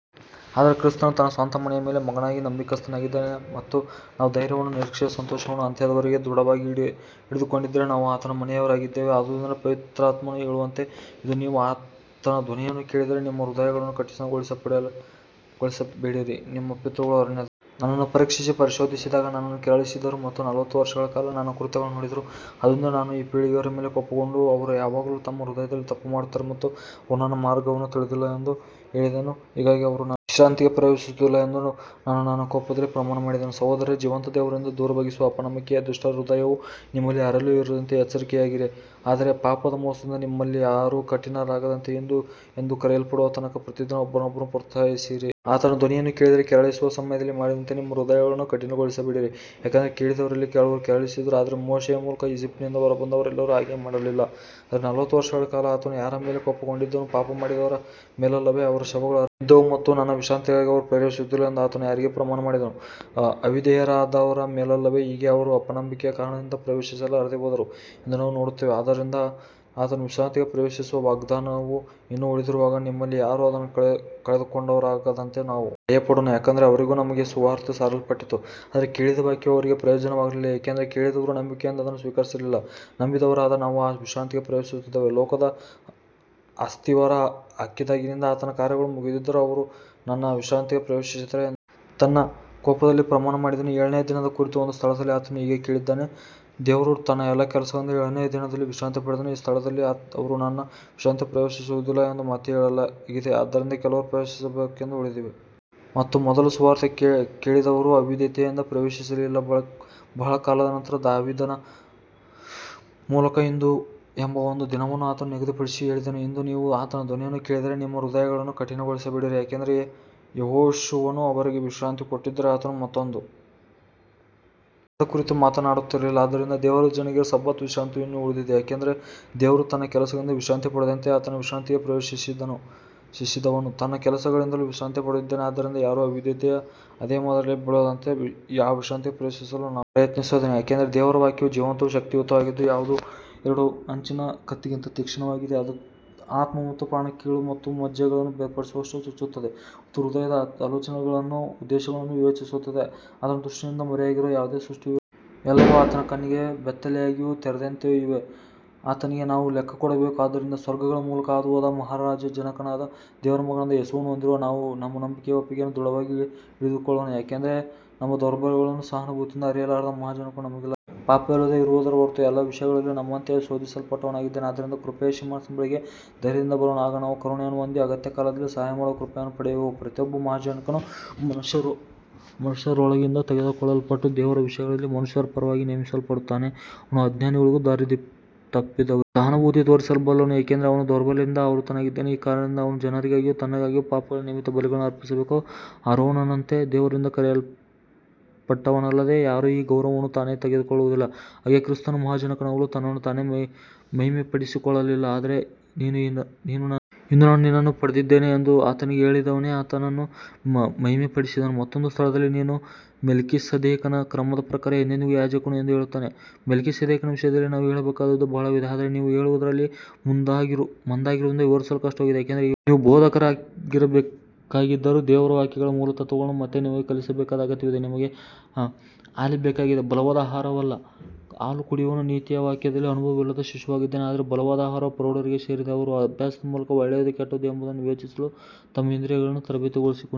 ಆದರೆ ಕ್ರಿಸ್ತನು ತನ್ನ ಸ್ವಂತ ಮನೆಯ ಮೇಲೆ ಮಗನಾಗಿ ನಂಬಿಗಸ್ತನಾಗಿದ್ದಾನೆ ಮತ್ತು ನಾವು ಧೈರ್ಯವನ್ನೂ ನಿರೀಕ್ಷೆಯ ಸಂತೋಷವನ್ನೂ ಅಂತ್ಯದವರೆಗೆ ದೃಢವಾಗಿ ಹಿಡಿದುಕೊಂಡಿದ್ದರೆ ನಾವು ಆತನ ಮನೆಯವರಾಗಿದ್ದೇವೆ ಆದುದರಿಂದ ಪವಿತ್ರಾತ್ಮನು ಹೇಳುವಂತೆ ಇಂದು ನೀವು ಆತನ ಧ್ವನಿಯನ್ನು ಕೇಳಿದರೆ ನಿಮ್ಮ ಹೃದಯಗಳನ್ನು ಕಠಿಣಗೊಳಿಸಬೇಡಿರಿ ನಿಮ್ಮ ಪಿತೃಗಳು ಅರಣ್ಯದಲ್ಲಿ ನನ್ನನ್ನು ಪರೀಕ್ಷಿಸಿ ಪರಿಶೋಧಿಸಿದಾಗ ನನ್ನನ್ನು ಕೆರಳಿಸಿದರು ಮತ್ತು ನಲವತ್ತು ವರ್ಷಗಳ ಕಾಲ ನನ್ನ ಕೃತ್ಯಗಳನ್ನು ನೋಡಿದರು ಆದುದರಿಂದ ನಾನು ಆ ಪೀಳಿಗೆಯವರ ಮೇಲೆ ಕೋಪಗೊಂಡು ಅವರು ಯಾವಾಗಲೂ ತಮ್ಮ ಹೃದಯದಲ್ಲಿ ತಪ್ಪುಮಾಡುತ್ತಾರೆ ಮತ್ತು ಅವರು ನನ್ನ ಮಾರ್ಗಗಳನ್ನು ತಿಳಿದಿಲ್ಲ ಎಂದು ಹೇಳಿದೆನು ಹೀಗಾಗಿ ಅವರು ನನ್ನ ವಿಶ್ರಾಂತಿಗೆ ಪ್ರವೇಶಿಸುವುದಿಲ್ಲ ಎಂದು ನಾನು ನನ್ನ ಕೋಪದಲ್ಲಿ ಪ್ರಮಾಣಮಾಡಿದೆನು ಸಹೋದರರೇ ಜೀವಂತ ದೇವರಿಂದ ದೂರವಾಗಿಸುವ ಅಪನಂಬಿಕೆಯ ದುಷ್ಟ ಹೃದಯವು ನಿಮ್ಮಲ್ಲಿ ಯಾರಲ್ಲಿಯೂ ಇರದಂತೆ ಎಚ್ಚರಿಕೆಯಾಗಿರಿ ಆದರೆ ಪಾಪದ ಮೋಸದಿಂದ ನಿಮ್ಮಲ್ಲಿ ಯಾರೂ ಕಠಿಣರಾಗದಂತೆ ಇಂದು ಎಂದು ಕರೆಯಲ್ಪಡುವ ತನಕ ಪ್ರತಿದಿನ ಒಬ್ಬರನ್ನೊಬ್ಬರು ಪ್ರೋತ್ಸಾಹಿಸಿರಿ ಇಂದು ನೀವು ಆತನ ಧ್ವನಿಯನ್ನು ಕೇಳಿದರೆ ಕೆರಳಿಸುವ ಸಮಯದಲ್ಲಿ ಮಾಡಿದಂತೆ ನಿಮ್ಮ ಹೃದಯಗಳನ್ನು ಕಠಿಣಗೊಳಿಸಬೇಡಿರಿ ಯಾಕಂದರೆ ಕೇಳಿದವರಲ್ಲಿ ಕೆಲವರು ಕೆರಳಿಸಿದರು ಆದರೆ ಮೋಶೆಯ ಮೂಲಕ ಈಜಿಪ್ಟಿನಿಂದ ಹೊರಬಂದವರೆಲ್ಲರೂ ಹಾಗೆ ಮಾಡಲಿಲ್ಲ ಆದರೆ ನಲವತ್ತು ವರ್ಷಗಳ ಕಾಲ ಆತನು ಯಾರ ಮೇಲೆ ಕೋಪಗೊಂಡಿದ್ದನು ಪಾಪಮಾಡಿದವರ ಮೇಲಲ್ಲವೇ ಅವರ ಶವಗಳು ಅರಣ್ಯದಲ್ಲಿ ಬಿದ್ದವು ಮತ್ತು ನನ್ನ ವಿಶ್ರಾಂತಿಗೆ ಅವರು ಪ್ರವೇಶಿಸುವುದಿಲ್ಲ ಎಂದು ಆತನು ಯಾರಿಗೆ ಪ್ರಮಾಣಮಾಡಿದನು ಅವಿಧೇಯರಾದವರ ಮೇಲಲ್ಲವೇ ಹೀಗೆ ಅವರು ಅಪನಂಬಿಕೆಯ ಕಾರಣದಿಂದ ಪ್ರವೇಶಿಸಲಾರದೆ ಹೋದರು ಎಂದು ನಾವು ನೋಡುತ್ತೇವೆ ಆದ್ದರಿಂದ ಆತನ ವಿಶ್ರಾಂತಿಗೆ ಪ್ರವೇಶಿಸುವ ವಾಗ್ದಾನವು ಇನ್ನೂ ಉಳಿದಿರುವಾಗ ನಿಮ್ಮಲ್ಲಿ ಯಾರೂ ಅದನ್ನು ಕಳೆದುಕೊಂಡವರಾಗದಂತೆ ನಾವು ಭಯಪಡೋಣ ಯಾಕಂದರೆ ಅವರಿಗೂ ನಮಗೂ ಸುವಾರ್ತೆ ಸಾರಲ್ಪಟ್ಟಿತು ಆದರೆ ಕೇಳಿದ ವಾಕ್ಯವು ಅವರಿಗೆ ಪ್ರಯೋಜನವಾಗಲಿಲ್ಲ ಏಕೆಂದರೆ ಕೇಳಿದವರು ನಂಬಿಕೆಯಿಂದ ಅದನ್ನು ಸ್ವೀಕರಿಸಲಿಲ್ಲ ನಂಬಿದವರಾದ ನಾವು ಆ ವಿಶ್ರಾಂತಿಗೆ ಪ್ರವೇಶಿಸುತ್ತೇವೆ ಲೋಕದ ಅಸ್ತಿವಾರ ಹಾಕಿದಾಗಿನಿಂದ ಆತನ ಕಾರ್ಯಗಳು ಮುಗಿದಿದ್ದರೂ ಅವರು ನನ್ನ ವಿಶ್ರಾಂತಿಗೆ ಪ್ರವೇಶಿಸಿದರೆ ಎಂದು ಆತನು ತನ್ನ ಕೋಪದಲ್ಲಿ ಪ್ರಮಾಣಮಾಡಿದನು ಏಳನೆಯ ದಿನದ ಕುರಿತು ಒಂದು ಸ್ಥಳದಲ್ಲಿ ಆತನು ಹೀಗೆ ಹೇಳಿದ್ದಾನೆ ದೇವರು ತನ್ನ ಎಲ್ಲಾ ಕೆಲಸಗಳಿಂದ ಏಳನೆಯ ದಿನದಲ್ಲಿ ವಿಶ್ರಾಂತಿ ಪಡೆದನು ಮತ್ತು ಈ ಸ್ಥಳದಲ್ಲಿ ಅವರು ನನ್ನ ವಿಶ್ರಾಂತಿಗೆ ಪ್ರವೇಶಿಸುವುದಿಲ್ಲ ಎಂದು ಮತ್ತೆ ಹೇಳಲಾಗಿದೆ ಆದ್ದರಿಂದ ಕೆಲವರು ಪ್ರವೇಶಿಸಬೇಕೆಂದು ಉಳಿದಿದೆ ಮತ್ತು ಮೊದಲು ಸುವಾರ್ತೆ ಕೇಳಿದವರು ಅವಿಧೇಯತೆಯಿಂದ ಪ್ರವೇಶಿಸಲಿಲ್ಲ ಬಹಳ ಕಾಲದ ನಂತರ ದಾವೀದನ ಮೂಲಕ ಇಂದು ಎಂಬ ಒಂದು ದಿನವನ್ನು ಆತನು ನಿಗದಿಪಡಿಸಿ ಹೇಳಿದನು ಇಂದು ನೀವು ಆತನ ಧ್ವನಿಯನ್ನು ಕೇಳಿದರೆ ನಿಮ್ಮ ಹೃದಯಗಳನ್ನು ಕಠಿಣಗೊಳಿಸಬೇಡಿರಿ ಯಾಕಂದರೆ ಯೆಹೋಶುವನು ಅವರಿಗೆ ವಿಶ್ರಾಂತಿ ಕೊಟ್ಟಿದ್ದರೆ ಆತನು ಮತ್ತೊಂದು ದಿನದ ಕುರಿತು ಮಾತನಾಡುತ್ತಿರಲಿಲ್ಲ ಆದ್ದರಿಂದ ದೇವರ ಜನರಿಗೆ ಸಬ್ಬತ್ ವಿಶ್ರಾಂತಿಯು ಇನ್ನೂ ಉಳಿದಿದೆ ಯಾಕಂದರೆ ದೇವರು ತನ್ನ ಕೆಲಸಗಳಿಂದ ವಿಶ್ರಾಂತಿ ಪಡೆದಂತೆಯೇ ಆತನ ವಿಶ್ರಾಂತಿಗೆ ಪ್ರವೇಶಿಸಿದವನು ತನ್ನ ಕೆಲಸಗಳಿಂದಲೂ ವಿಶ್ರಾಂತಿ ಪಡೆದಿದ್ದಾನೆ ಆದ್ದರಿಂದ ಯಾರೂ ಅವಿಧೇಯತೆಯ ಅದೇ ಮಾದರಿಯಲ್ಲಿ ಬೀಳದಂತೆ ಆ ವಿಶ್ರಾಂತಿಗೆ ಪ್ರವೇಶಿಸಲು ನಾವು ಪ್ರಯತ್ನಿಸೋಣ ಯಾಕಂದರೆ ದೇವರ ವಾಕ್ಯವು ಜೀವಂತವೂ ಶಕ್ತಿಯುತವೂ ಆಗಿದ್ದು ಯಾವುದೇ ಎರಡು ಅಂಚಿನ ಕತ್ತಿಗಿಂತ ತೀಕ್ಷ್ಣವಾಗಿದೆ ಅದು ಆತ್ಮ ಮತ್ತು ಪ್ರಾಣ ಕೀಲು ಮತ್ತು ಮಜ್ಜೆಗಳನ್ನು ಬೇರ್ಪಡಿಸುವಷ್ಟು ಚುಚ್ಚುತ್ತದೆ ಮತ್ತು ಹೃದಯದ ಆಲೋಚನೆಗಳನ್ನೂ ಉದ್ದೇಶಗಳನ್ನೂ ವಿವೇಚಿಸುತ್ತದೆ ಆತನ ದೃಷ್ಟಿಯಿಂದ ಮರೆಯಾಗಿರುವ ಯಾವುದೇ ಸೃಷ್ಟಿಯೂ ಇಲ್ಲ ಆದರೆ ಎಲ್ಲವೂ ಆತನ ಕಣ್ಣುಗಳಿಗೆ ಬೆತ್ತಲೆಯಾಗಿಯೂ ತೆರೆದಂತೆಯೂ ಇವೆ ಆತನಿಗೇ ನಾವು ಲೆಕ್ಕಕೊಡಬೇಕು ಆದ್ದರಿಂದ ಸ್ವರ್ಗಗಳ ಮೂಲಕ ಹಾದುಹೋದ ಮಹಾಯಾಜಕನಾದ ದೇವರ ಮಗನಾದ ಯೇಸುವನ್ನು ಹೊಂದಿರುವ ನಾವು ನಮ್ಮ ನಂಬಿಕೆಯ ಒಪ್ಪಿಗೆಯನ್ನು ದೃಢವಾಗಿ ಹಿಡಿದುಕೊಳ್ಳೋಣ ಯಾಕಂದರೆ ನಮ್ಮ ದೌರ್ಬಲ್ಯಗಳನ್ನು ಸಹಾನುಭೂತಿಯಿಂದ ಅರಿಯಲಾರದ ಮಹಾಯಾಜಕನು ನಮಗಿಲ್ಲ ಆದರೆ ನಾವು ಪಾಪವಿಲ್ಲದೆ ಇರುವುದರ ಹೊರತು ಎಲ್ಲ ವಿಷಯಗಳಲ್ಲಿಯೂ ನಮ್ಮಂತೆಯೇ ಶೋಧಿಸಲ್ಪಟ್ಟವನಾಗಿದ್ದಾನೆ ಆದ್ದರಿಂದ ಕೃಪೆಯ ಸಿಂಹಾಸನದ ಬಳಿಗೆ ಧೈರ್ಯದಿಂದ ಬರೋಣ ಆಗ ನಾವು ಕರುಣೆಯನ್ನು ಹೊಂದಿ ಅಗತ್ಯಕಾಲದಲ್ಲಿ ಸಹಾಯಮಾಡುವ ಕೃಪೆಯನ್ನು ಪಡೆಯುವೆವು ಪ್ರತಿಯೊಬ್ಬ ಮಹಾಯಾಜಕನೂ ಮನುಷ್ಯರೊಳಗಿಂದ ತೆಗೆದುಕೊಳ್ಳಲ್ಪಟ್ಟು ದೇವರ ವಿಷಯಗಳಲ್ಲಿ ಮನುಷ್ಯರ ಪರವಾಗಿ ನೇಮಿಸಲ್ಪಡುತ್ತಾನೆ ಅವನು ಅಜ್ಞಾನಿಗಳಿಗೂ ದಾರಿತಪ್ಪಿದವರಿಗೂ ಸಹಾನುಭೂತಿ ತೋರಿಸಬಲ್ಲನು ಏಕೆಂದರೆ ಅವನೂ ದೌರ್ಬಲ್ಯದಿಂದ ಆವೃತನಾಗಿದ್ದಾನೆ ಈ ಕಾರಣದಿಂದ ಅವನು ಜನರಿಗಾಗಿಯೂ ತನ್ನಿಗಾಗಿಯೂ ಪಾಪಗಳ ನಿಮಿತ್ತ ಬಲಿಗಳನ್ನು ಅರ್ಪಿಸಬೇಕು ಆರೋನನಂತೆ ದೇವರಿಂದ ಕರೆಯಲ್ಪಟ್ಟವನಲ್ಲದೆ ಯಾರೂ ಈ ಗೌರವವನ್ನು ತಾನೇ ತೆಗೆದುಕೊಳ್ಳುವುದಿಲ್ಲ ಹಾಗೆಯೇ ಕ್ರಿಸ್ತನು ಮಹಾಯಾಜಕನಾಗಲು ತನ್ನನ್ನು ತಾನೇ ಮಹಿಮೆಪಡಿಸಿಕೊಳ್ಳಲಿಲ್ಲ ಆದರೆ ನೀನು ನನ್ನ ಮಗನು ಇಂದು ನಾನು ನಿನ್ನನ್ನು ಪಡೆದಿದ್ದೇನೆ ಎಂದು ಆತನಿಗೆ ಹೇಳಿದವನೇ ಆತನನ್ನು ಮಹಿಮೆಪಡಿಸಿದನು ಮತ್ತೊಂದು ಸ್ಥಳದಲ್ಲಿ ನೀನು ಮೆಲ್ಕಿಸೆದೇಕನ ಕ್ರಮದ ಪ್ರಕಾರ ಎಂದೆಂದಿಗೂ ಯಾಜಕನು ಎಂದು ಹೇಳುತ್ತಾನೆ ಮೆಲ್ಕಿಸೆದೇಕನ ವಿಷಯದಲ್ಲಿ ನಾವು ಹೇಳಬೇಕಾದದ್ದು ಬಹಳವಿದೆ ಆದರೆ ನೀವು ಕೇಳುವುದರಲ್ಲಿ ಮಂದರಾಗಿರುವುದರಿಂದ ವಿವರಿಸಲು ಕಷ್ಟವಾಗಿದೆ ಯಾಕಂದರೆ ಈ ಹೊತ್ತಿಗೆ ನೀವು ಬೋಧಕರಾಗಿರಬೇಕಾಗಿದ್ದರೂ ದೇವರ ವಾಕ್ಯಗಳ ಮೂಲತತ್ತ್ವಗಳನ್ನು ಮತ್ತೆ ನಿಮಗೆ ಕಲಿಸಬೇಕಾದ ಅಗತ್ಯವಿದೆ ನಿಮಗೆ ಹಾಲೇ ಬೇಕಾಗಿದೆ ಬಲವಾದ ಆಹಾರವಲ್ಲ ಹಾಲು ಕುಡಿಯುವವನು ನೀತಿಯ ವಾಕ್ಯದಲ್ಲಿ ಅನುಭವವಿಲ್ಲದ ಶಿಶುವಾಗಿದ್ದಾನೆ ಆದರೆ ಬಲವಾದ ಆಹಾರವು ಪ್ರೌಢರಿಗೆ ಸೇರಿದೆ ಅವರು ಅಭ್ಯಾಸದ ಮೂಲಕ ಒಳ್ಳೆಯದು ಕೆಟ್ಟದ್ದು ಎಂಬುದನ್ನು ವಿವೇಚಿಸಲು ತಮ್ಮ ಇಂದ್ರಿಯಗಳನ್ನು ತರಬೇತುಗೊಳಿಸಿಕೊಂಡಿದ್ದಾರೆ